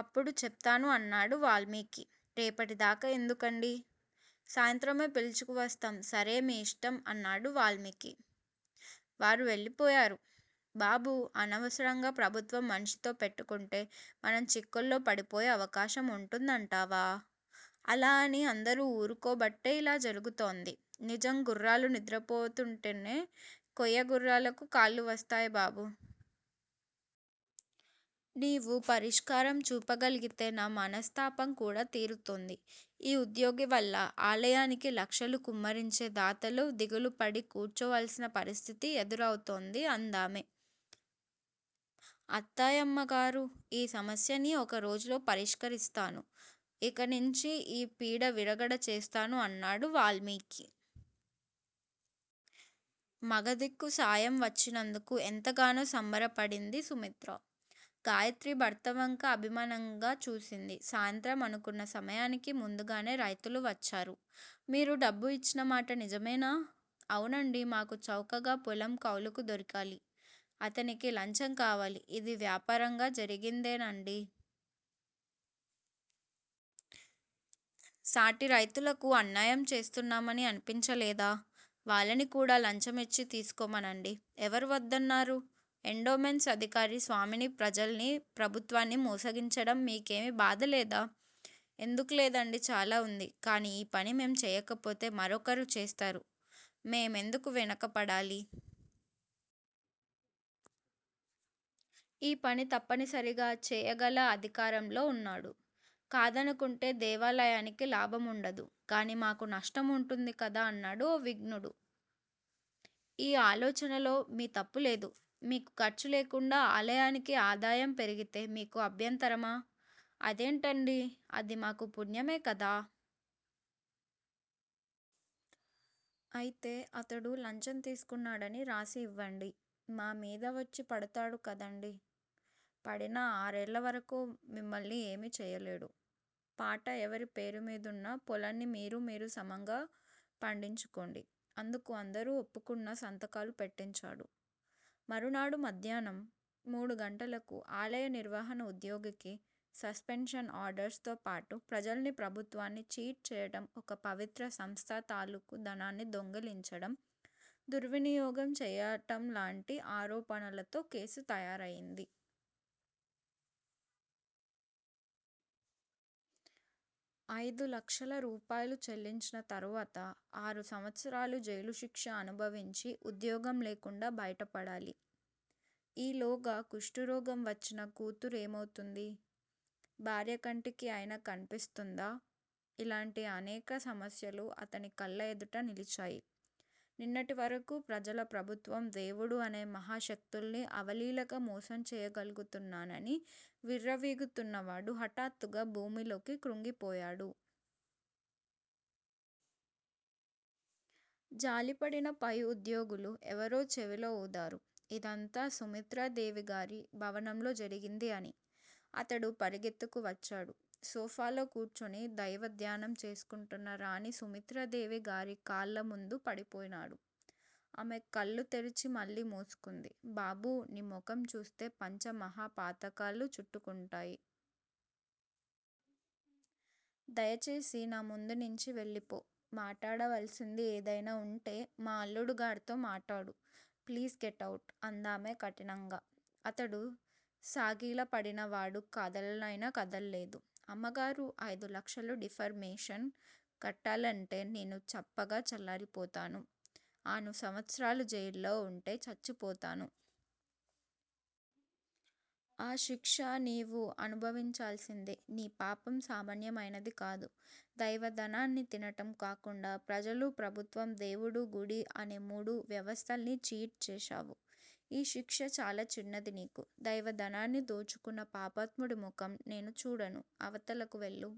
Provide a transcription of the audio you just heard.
అప్పుడు చెప్తాను అన్నాడు వాల్మీకి! రేపటిదాకా ఎందుకండి. సాయంత్రమే పిలుచుకు వస్తాం సరే మీ యిష్టం అన్నాడు వాల్మీకి. వారు వెళ్ళిపోయారు. బాబూ! అనవసరంగా ప్రభుత్వం మనిషితో పెట్టుకుంటే మనం చిక్కుల్లో పడిపోయే అవకాశం ఉంటుందంటావా? అలా అని అందరూ ఊరుకోబట్టే ఇలా జరుగుతోంది. నిజం గుర్రాలు నిద్రపోతుంటేనే కొయ్య గుర్రాలకు కాళ్ళు వస్తాయి బాబూ! నీవు పరిష్కారం చూపగలిగితే నా మనస్తాపం కూడా తీరుతుంది. ఈ ఉద్యోగి వల్ల ఆలయానికి లక్షలు కుమ్మరించే దాతలు దిగులుపడి కూర్చోవలసిన పరిస్థితి ఎదురు అవుతోంది అందామె. అత్తాయమ్మగారూ! ఈ సమస్యని ఒక్క రోజులో పరిష్కరిస్తాను. ఇకనించి ఈ పీడ విరగడ చేస్తాను అన్నాడు వాల్మీకి. మగదిక్కు సాయం వచ్చినందుకు ఎంతగానో సంబరపడింది సుమిత్ర. గాయత్రి భర్త వంక అభిమానంగా చూసింది. సాయంత్రం అనుకున్న సమయానికి ముందుగానే రైతులు వచ్చారు. మీరు డబ్బు యిచ్చిన మాట నిజమేనా? అవునండి మాకు చౌకగా పొలం కౌలుకు దొరకాలి! అతనికి లంచం కావాలి! ఇది వ్యాపారంగా జరిగిందేనండి! సాటి రైతులకు అన్యాయం చేస్తున్నామని అనిపించలేదా? వాళ్ళని కూడా లంచమిచ్చి తీసుకోమనండి. ఎవరు వద్దన్నారు ఎండోమెంట్స్ అధికారి స్వామిని ప్రజల్ని ప్రభుత్వాన్ని మోసగించడం మీకేమీ బాధలేదా? ఎందుకు లేదండి చాలా ఉంది. కాని ఈ పని మేం చేయకపోతే మరొకరు చేస్తారు. మేమెందుకు వెనక పడాలి! ఈ పని తప్పనిసరిగా చేయగల అధికారంలో ఉన్నాడు. కాదనుకుంటే దేవాలయానికి లాభం ఉండదు. కాని మాకు నష్టం ఉంటుంది కదా అన్నాడు ఒక విజ్ఞుడు. ఈ ఆలోచనలో మీ తప్పులేదు. మీకు ఖర్చు లేకుండా ఆలయానికి ఆదాయం పెరిగితే మీకు అభ్యంతరమా. అదేంటండీ! అది మాకూ పుణ్యమే కదా! అయితే అతడు లంచం తీసుకున్నాడని వ్రాసి యివ్వండి!? మా మీదవచ్చి పడతాడు కదండి? పడినా ఆరేళ్ళ వరకూ మిమ్మల్ని ఏమీ చేయలేడు. పాట ఎవరి పేరుమీదున్న పొలాన్ని మీరూ మీరూ సమంగా పండించుకోండి! అందుకు అందరూ ఒప్పుకున్నా సంతకాలు పెట్టించాడు. మరునాడు మధ్యాహ్నం మూడు గంటలకు ఆలయ నిర్వహణ ఉద్యోగికి సస్పెన్షన్ ఆర్డర్స్ తో పాటు ప్రజల్ని ప్రభుత్వాన్ని చీట్ చేయటం ఒక పవిత్ర సంస్థ తాలూకు ధనాన్ని దొంగిలించటం దుర్వినియోగం చేయటంలాంటి ఆరోపణలతో కేసు తయారయింది. అయిదు లక్షల రూపాయలు చెల్లించిన తరువాత ఆరు సంవత్సరాలు జైలు శిక్ష అనుభవించి ఉద్యోగం లేకుండా బయటపడాలి. ఈలోగా కుష్టురోగం వచ్చిన కూతురు ఏమవుతుంది? భార్య కంటికి అయినా కన్పిస్తుందా? ఇలాంటి అనేక సమస్యలు అతని కళ్ళ ఎదుట నిలిచాయి. నిన్నటి వరకూ ప్రజల ప్రభుత్వం దేవుడు అనే మహాశక్తుల్ని అవలీలగా మోసం చేయగలుగుతున్నానని విర్రవీగుతున్నవాడు హఠాత్తుగా భూమిలోకి కృంగిపోయాడు. జాలిపడిన పై ఉద్యోగులు ఎవరో చెవిలో ఊదారు. ఇదంతా సుమిత్రాదేవిగారి భవనంలో జరిగింది అని! అతడు పరుగెత్తుకు వచ్చాడు. సోఫాలో కూర్చుని దైవధ్యానం చేసుకుంటున్న రాణి సుమిత్రదేవి గారి కాళ్ళ ముందు పడిపోయినాడు. ఆమె కళ్ళు తెరిచి మళ్ళీ మూసుకుంది. బాబూ! నీ ముఖం చూస్తే పంచమహాపాతకాలు చుట్టుకుంటాయి. దయచేసి నా ముందునించి వెళ్ళిపో! మాటాడవలసినది ఏదయినా ఉంటే మా అల్లుడు గారితో మాటాడు! Please get out! అందామె కఠినంగా. అతడు సాగిలపడినవాడు కదలనయినా కదలలేదు. అమ్మగారూ! అయిదు లక్షలు డిఫర్ మేషన్ కట్టాలంటే నేను చప్పగా చల్లారిపోతాను. ఆరు సంవత్సరాలు జైల్లో వుంటే చచ్చిపోతాను. ఆ శిక్ష నీవు అనుభవించాల్సిందే! నీ పాపం సామాన్యమయినది కాదు. దైవ ధనాన్ని తినటం కాకుండా ప్రజలు ప్రభుత్వం దేవుడు గుడి అనే మూడు వ్యవస్థల్ని ఛీట్ చేశావు, ఈ శిక్ష చాలా చిన్నది నీకు. దైవధనాన్ని దోచుకున్న పాపాత్ముడి ముఖం నేను చూడను. అవతలకు వెళ్ళు